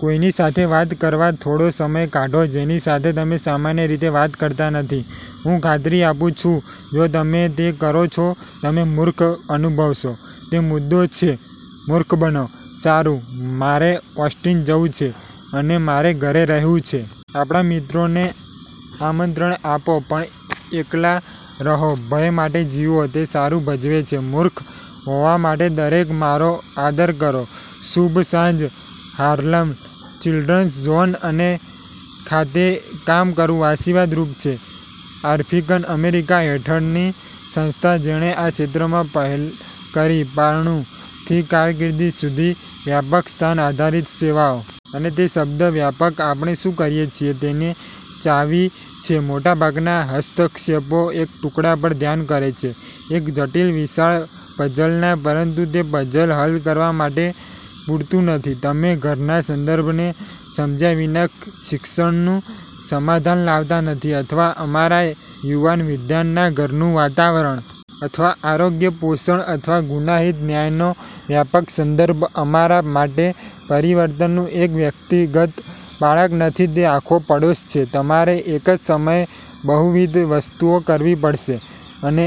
કોઈની સાથે વાત કરવા થોડો સમય કાઢો જેની સાથે તમે સામાન્ય રીતે વાત કરતા નથી. હું ખાતરી આપું છું, જો તમે તે કરો છો, તમે મૂર્ખ અનુભવશો. તે મુદ્દો છે. મૂર્ખ બનો. સારું, મારે ઓસ્ટિન જવું છે, અને મારે ઘરે રહેવું છે. આપણા મિત્રોને આમંત્રણ આપો પણ એકલા રહો. ભય માટે જીવો. તે સારું ભજવે છે. મૂર્ખ હોવા માટે દરેક મારો આદર કરો. શુભ સાંજ. હાર્લેમ ચિલ્ડ્રન્સ ઝોન ખાતે કામ કરવું આશીર્વાદ રૂપ છે, આફ્રિકન-અમેરિકા હેઠળની સંસ્થા, જેણે આ ક્ષેત્રમાં પહેલ કરી પારણું થી કારકિર્દી સુધી, વ્યાપક સ્થાન-આધારિત સેવાઓ. અને તે શબ્દ, "વ્યાપક", આપણે શું કરીએ છીએ તેની ચાવી છે. મોટાભાગના હસ્તક્ષેપો એક ટુકડા પર ધ્યાન કરે છે એક જટિલ, વિશાળ પઝલના. પરંતુ તે પઝલ હલ કરવા માટે પૂરતું નથી. તમે ઘરના સંદર્ભને સમજ્યા વિના શિક્ષણનું સમાધાન લાવતા નથી અથવા અમારા યુવાન વિદ્વાનના ઘરનું વાતાવરણ. અથવા આરોગ્ય, પોષણ અથવા ગુનાહિત ન્યાયનો વ્યાપક સંદર્ભ. અમારા માટે પરિવર્તનનું એકમ વ્યક્તિગત બાળક નથી, તે આખો પડોશ છે. તમારે એક જ સમયે બહુવિધ વસ્તુઓ કરવી પડશે. અને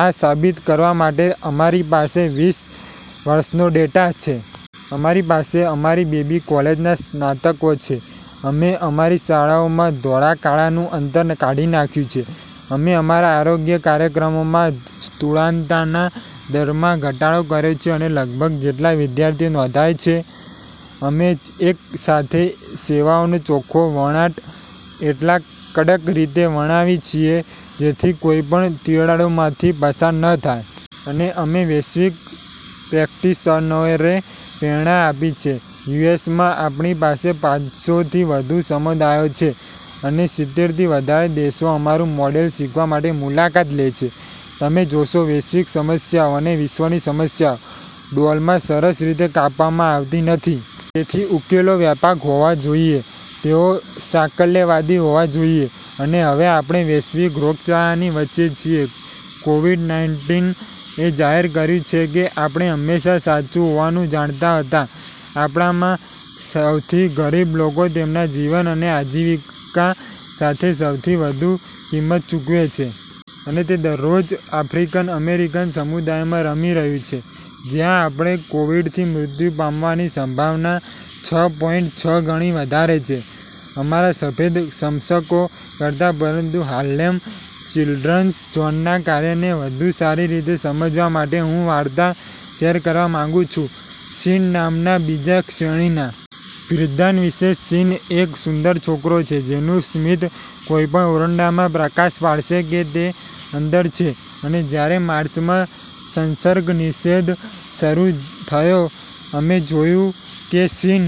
આ સાબિત કરવા માટે અમારી પાસે વીસ વર્ષનો ડેટા છે. અમારી પાસે અમારી બેબી કોલેજના સ્નાતકો છે, અમે અમારી શાળાઓમાં ધોળા-કાળા નું અંતર કાઢી નાખ્યું છે. અમે અમારા આરોગ્ય કાર્યક્રમોમાં સ્થૂળતાના દરમાં ઘટાડો કર્યો છે અને લગભગ જેટલા વિદ્યાર્થીઓ નોંધાયા છે. અમે એક સાથે સેવાઓનો ચોખ્ખો વણાટ એટલા કડક રીતે વણાવીએ છીએ, જેથી કોઈ પણ તિરાડોમાંથી પસાર ન થાય. અને અમે વૈશ્વિક પ્રેક્ટિશનરોને પ્રેરણા આપી છે. યુ. એસ. માં આપણી પાસે પાંચસો થી વધુ સમુદાયો છે અને સિત્તેર થી વધારે દેશો અમારું મોડેલ શીખવા માટે મુલાકાત લે છે. તમે જોશો, વૈશ્વિક સમસ્યાઓ, અને વિશ્વની સમસ્યાઓ, ડોલમાં સરસ રીતે કાપવામાં આવતી નથી. તેથી ઉકેલો વ્યાપક હોવા જોઈએ, તેઓ સાકલ્યવાદી હોવા જોઈએ. અને હવે આપણે વૈશ્વિક રોગચાળાની વચ્ચે છીએ. કોવિડ -નાઈનટીન એ જાહેર કર્યું છે કે આપણે હંમેશાં સાચું હોવાનું જાણતા હતા. આપણામાં સૌથી ગરીબ લોકો તેમના જીવન અને આજીવિકા સાથે સૌથી વધુ કિંમત ચૂકવે છે. અને તે દરરોજ આફ્રિકન અમેરિકન સમુદાયમાં રમી રહ્યું છે, જ્યાં આપણે કોવિડથી મૃત્યુ પામવાની સંભાવના છ પોઇન્ટ છ ગણી વધારે છે અમારા સફેદ સમકક્ષો કરતા. પરંતુ હાર્લેમ ચિલ્ડ્રન્સ ઝોનના કાર્યને વધુ સારી રીતે સમજવા માટે, હું વાર્તા શેર કરવા માંગુ છું, સીન નામના બીજા-શ્રેણીના। વિદ્વાન વિશે. સીન એક સુંદર છોકરો છે જેનું સ્મિત કોઈપણ ઓરડામાં પ્રકાશ પાડશે કે તે અંદર છે. અને જ્યારે માર્ચમાં સંસર્ગનિષેધ શરૂ થયો, અમે જોયું કે સીન